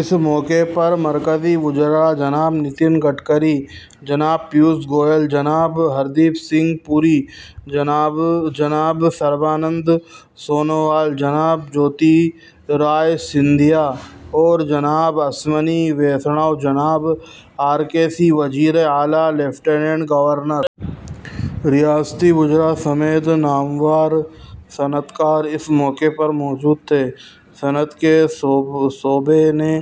اس موقع پر مرکزی وزراء جناب نتن گڈکری جناب پیوش گوئل جناب ہردیپ سنگھ پوری جناب سربانند سونووال جناب جیوتی رادتیہ سندھیا اور جناب اشونی ویشنو جناب آر کے سنگھ وزیراعلی لیفٹیننٹ گورنر ریاستی وزراء سمیت نامور صنعتکار اس موقع پر موجود تھے صنعت کے شعبے سے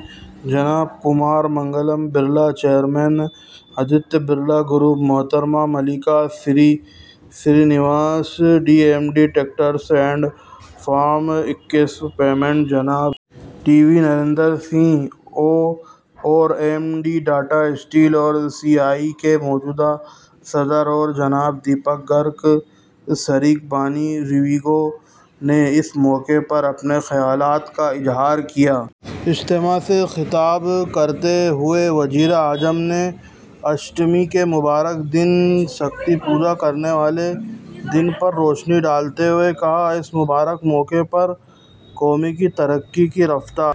جناب کمار منگلم برلا چیئرمین آدتیہ برلا گروپ محترمہ Mallika Srinivasan C M D tractors and form equipments جناب T V Narendran C E O M D Tata steel اور سی آئی آئی کے موجودہ صدر اور جناب دیپک گرگ شریک بانی ریوگو نے اس موقع پر اپنے خیالات کا اظہار کیا اجتماع سے خطاب کرتے ہوئے وزیر اعظم نے اشٹمی کے مبارک دن شکتی کی پوجا کرنے والے دن پر روشنی ڈالتے ہوئے کہا کہ اس مبارک موقع پر قوم کی ترقی کی رفتار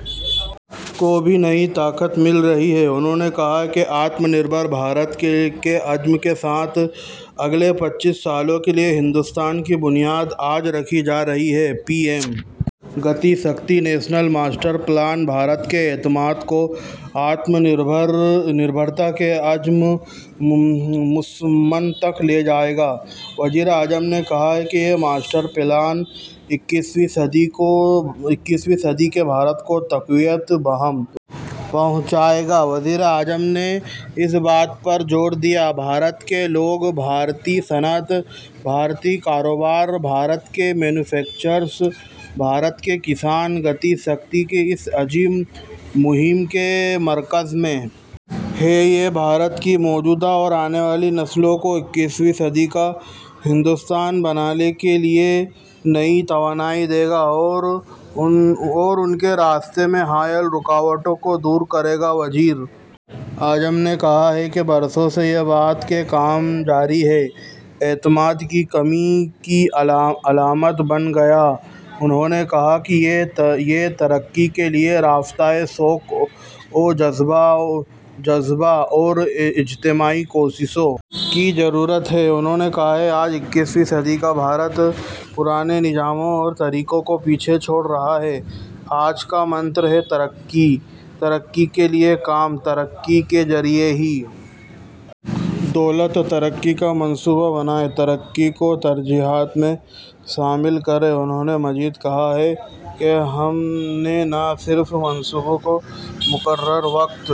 کو بھی نئی طاقت مل رہی ہے انہوں نے کہا کہ آتم نربھر بھارت کے عزم کے ساتھ اگلے پچیس سالوں کے لیے ہندوستان کی بنیاد آج رکھی جا رہی ہے P M Gati Shakti national master plan Bharat کے اعتماد کو آتم نربھارت کے عزم مصمم تک لے جائے گا وزیر اعظم نے کہا کہ یہ ماسٹر پلان اکیسویں صدی کے بھارت کو تقویت بہم پہنچائے گا وزیر اعظم نے اس بات پر زور دیا کہ بھارت کے لوگ بھارتی صنعت بھارتی کاروبار بھارت کے مینوفیکچررز بھارت کے کسان گتی شکتی کی اس عظیم مہم کے مرکز میں ہیں یہ بھارت کی موجودہ اور آنے والی نسلوں کو اکیسویں صدی کا ہندوستان بنانے کے لیے نئی توانائی دے گا اور ان کے راستے میں حائل رکاوٹوں کو دور کرے گا وزیر اعظم نے کہا کہ برسوں سے یہ بات کہ کام جاری ہے اعتماد کی کمی کی علامت بن گیا انہوں نے کہا کہ ترقی کے لیے رفتار شوق و جذبہ اور اجتماعی کوششوں کی ضرورت ہے انہوں نے کہا کہ آج اکیسویں صدی کا بھارت پرانے نظاموں اور طریقوں کو پیچھے چھوڑ رہا ہے آج کا منتر ہے ترقی کے لیے کام ترقی کے ذریعہ ہی دولت ترقی کا منصوبہ بنائیں ترقی کو ترجیحات میں شامل کریں انہوں نے مزید کہا کہ ہم نے نہ صرف منصوبوں کو مقررہ وقت